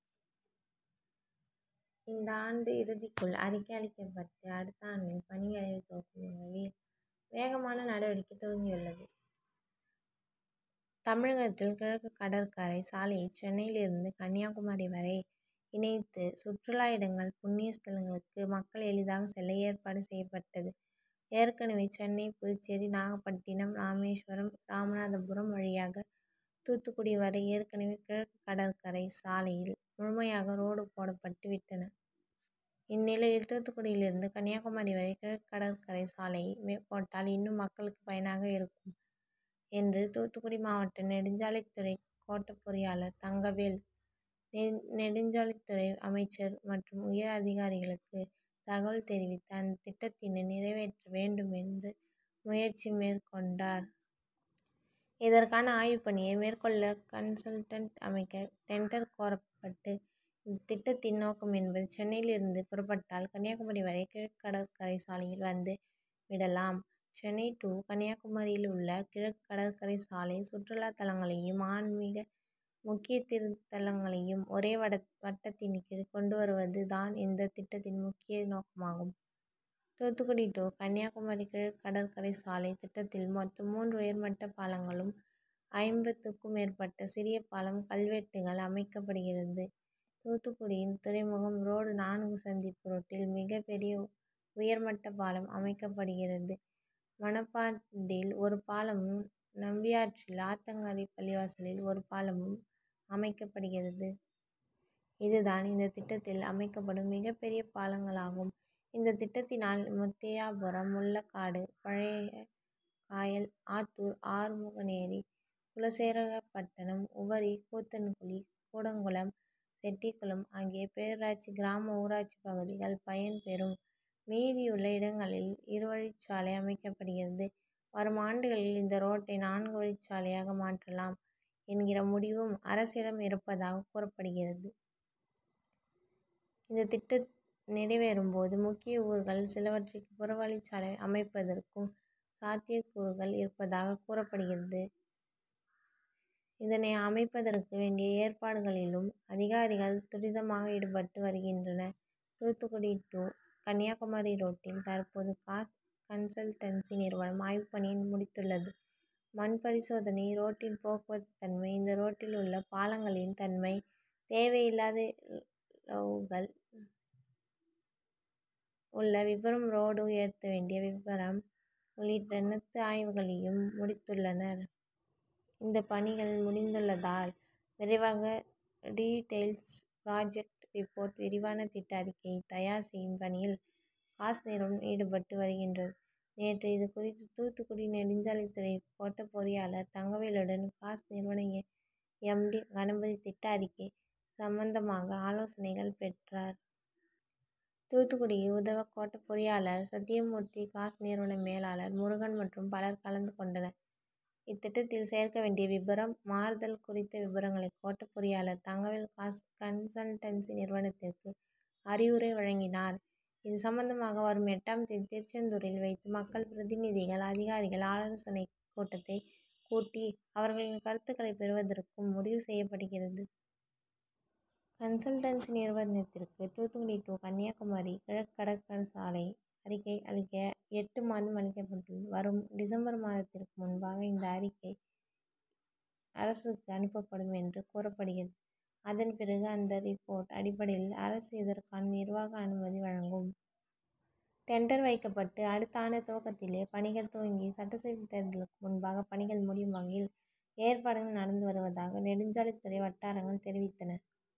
இந்த ஆண்டு இறுதிக்குள் அறிக்கை அளிக்கப்பட்டு அடுத்த ஆண்டில் பணிகளை துவக்கும் வகையில் வேகமான நடவடிக்கை துவங்கியுள்ளது. தமிழகத்தில் கிழக்கு கடற்கரை சாலையை சென்னையில் இருந்து கன்னியாகுமரி வரை இணைத்து சுற்றுலா இடங்கள், புண்ணிய ஸ்தலங்களுக்கு மக்கள் எளிதாக செல்ல ஏற்பாடு செய்யப்பட்டது. ஏற்கனவே சென்னை, புதுச்சேரி, நாகப்பட்டினம், ராமேஸ்வரம், ராமநாதபுரம் வழியாக தூத்துக்குடி வரை ஏற்கனவே கிழக்கு கடற்கரை சாலையில் முழுமையாக ரோடு போடப்பட்டு விட்டன. இந் நிலையில் தூத்துக்குடியில் இருந்து கன்னியாகுமரி வரை கிழக்குகடற்கரை சாலை போட்டால் இன்னும் மக்களுக்கு பயனாக இருக்கும் என்று தூத்துக்குடி மாவட்ட நெடுஞ்சாலைத்துறை கோட்ட பொறியாளர் தங்கவேல், நெநெடுஞ்சாலைத்துறை அமைச்சர் மற்றும் உயர் அதிகாரிகளுக்கு தகவல் தெரிவித்து, அந்த திட்டத்தினை நிறைவேற்ற வேண்டும் என்று முயற்சி மேற்கொண்டார். இதற்கான ஆய்வுப் பணியை மேற்கொள்ள கன்சல்டன்ட் அமைக்க டெண்டர் கோரப்பட்டது. இந்த திட்டத்தின் நோக்கம் என்பது சென்னையில் இருந்து புறப்பட்டால் கன்னியாகுமரி வரை கிழக்கு கடற்கரை சாலையில் வந்து விடலாம். சென்னை டூ கன்னியாகுமரியில் உள்ள கிழக்கு கடற்கரை சாலை சுற்றுலா தலங்களையும், ஆன்மிக முக்கிய திருத்தலங்களையும் ஒரே வட்டத்தின் கீழ் கொண்டுவருவது தான் இந்த திட்டத்தின் முக்கிய நோக்கமாகும். தூத்துக்குடி டூ கன்னியாகுமரி கிழக்கு கடற்கரை சாலை திட்டத்தில் மொத்தம் மூன்று உயர்மட்ட பாலங்களும், ஐம்பதுக்கும் மேற்பட்ட சிறிய பாலம், கல்வெட்டுகள் அமைக்கப்படுகிறது. தூத்துக்குடி துறைமுகம் ரோடு நான்கு சந்திப்பு ரோட்டில் மிகப் பெரிய உயர்மட்ட பாலம் அமைக்கப்படுகிறது. மணப்பாண்டில் ஒரு பாலமும், நம்பியாற்றில், ஆத்தங்கரை பள்ளிவாசலில் ஒரு பாலமும் அமைக்கப்படுகிறது. இது தான் இந்த திட்டத்தில் அமைக்கப்படும் மிகப் பெரிய பாலங்களாகும். இந்த திட்டத்தினால் முத்தையாபுரம், முள்ளக்காடு, பழையகாயல், ஆத்தூர், ஆறுமுகநேரி, குலசேகரப்பட்டணம், உவரி, கூத்தன்குளி, கூடங்குளம், செட்டிகுளம் ஆகிய பேரூராட்சி, கிராம ஊராட்சி பகுதிகள் பயன் பெறும். மீதியுள்ள இடங்களில் இருவழிச்சாலை அமைக்கப்படுகிறது. வரும் ஆண்டுகளில் இந்த ரோட்டை நான்கு வழிச்சாலையாக மாற்றலாம் என்கிற முடிவும் அரசிடம் இருப்பதாக கூறப்படுகிறது. இந்த திட்டம் நிறைவேறும் போது முக்கிய ஊர்கள் சிலவற்றிற்கு புறவழிச்சாலை அமைப்பதற்கும் சாத்தியக்கூறுகள் இருப்பதாக கூறப்படுகிறது. இதனை அமைப்பதற்கு வேண்டிய ஏற்பாடுகளிலும் அதிகாரிகள் துரிதமாக ஈடுபட்டு வருகின்றனர். தூத்துக்குடி டூ கன்னியாகுமரி ரோட்டில் தற்போது காஸ் கன்சல்டன்சி நிறுவனம் ஆய்வு பணியை முடித்துள்ளது. மண்பரிசோதனை, ரோட்டின் போக்குவரத்து தன்மை, இந்த ரோட்டில் உள்ள பாலங்களின் தன்மை, தேவையில்லாத ளவுகள் உள்ள விபரம், ரோடு உயர்த்த வேண்டிய விபரம் உள்ளிட்ட னத்து ஆய்வுகளையும் முடி த் துள்ளனர். இந்த பணிகள் முடிந்துள்ளதால் விரைவாக டீடெய்ல்ஸ் புராஜெக்ட் ரிப்போர்ட் விரிவான திட்ட அறிக்கையை தயார் செய்யும் பணியில் காஸ் நிறுவனம் ஈடுபட்டு வருகின்றது. நேற்று இது குறித்து தூத்துக்குடி நெடுஞ்சாலைத்துறை கோட்ட பொறியாளர் தங்கவேலுடன் காஸ் நிறுவன எம். டி கணபதி திட்ட அறிக்கை சம்பந்தமாக ஆலோசனைகள் பெற்றார். தூத்துக்குடி உத வி கோட்ட பொறியாளர் சத்தியமூர்த்தி, காஸ் நிறுவன மேலாளர் முருகன் மற்றும் பலர் கலந்து கொண்டனர். திட்டத்தில் சேர்க்க வேண்டிய விபரம், மாறுதல் குறி த்த விபரங்களை கோட்ட பொறியாளர் தங்கவேல் காஸ் கன்சல்டன்சி நிறுவனத்திற்கு அறிவுரை வழங்கினார். இது சம்பந்தமாக வரும் எட்டாம் தேதி திருச்செந்தூரில் வைத்து மக்கள் பிரதிநிதிகள், அதிகாரிகள் ஆலோசனைக் கூட்டத்தை கூட்டி அவர்களின் கருத்துக்களை பெறுவதற்கும் முடிவு செய்யப்பட்டிருக்கிறது. கன்சல்டன்சி நிறுவனத்திற்கு தூத்துக்குடி டூ கன்னியாகுமரி கிழக்கு கடற்கரை சாலை அறிக்கை அளிக்க எட்டு மாதம் அளிக்கப்பட்டுள்ளது. வரும் டிசம்பர் மாதத்திற்கு முன்பாக இந்த அறி க்கை அரசுக்கு அனுப்பப்படும் என்று கூறப்படுகிறது. அத ன் பிறகு அந்த ரிப்போர்ட் அடிப்படையில் அரசு இதற்கான நிர்வாக அனுமதி வழங்கும். டெண்டர் வைக்கப்பட்டு அடுத்த ஆண்டு துவக்கத்திலே பணிகள் துவ ங்கி சட்டசபை தேர்தலுக்கு முன்பாக பணிகள் முடியும் வகையில் ஏற்பாடுகள் நடந் து வருவதாக நெடுஞ்சாலை த்துறை வட்டாரங்கள் தெரிவித்தன.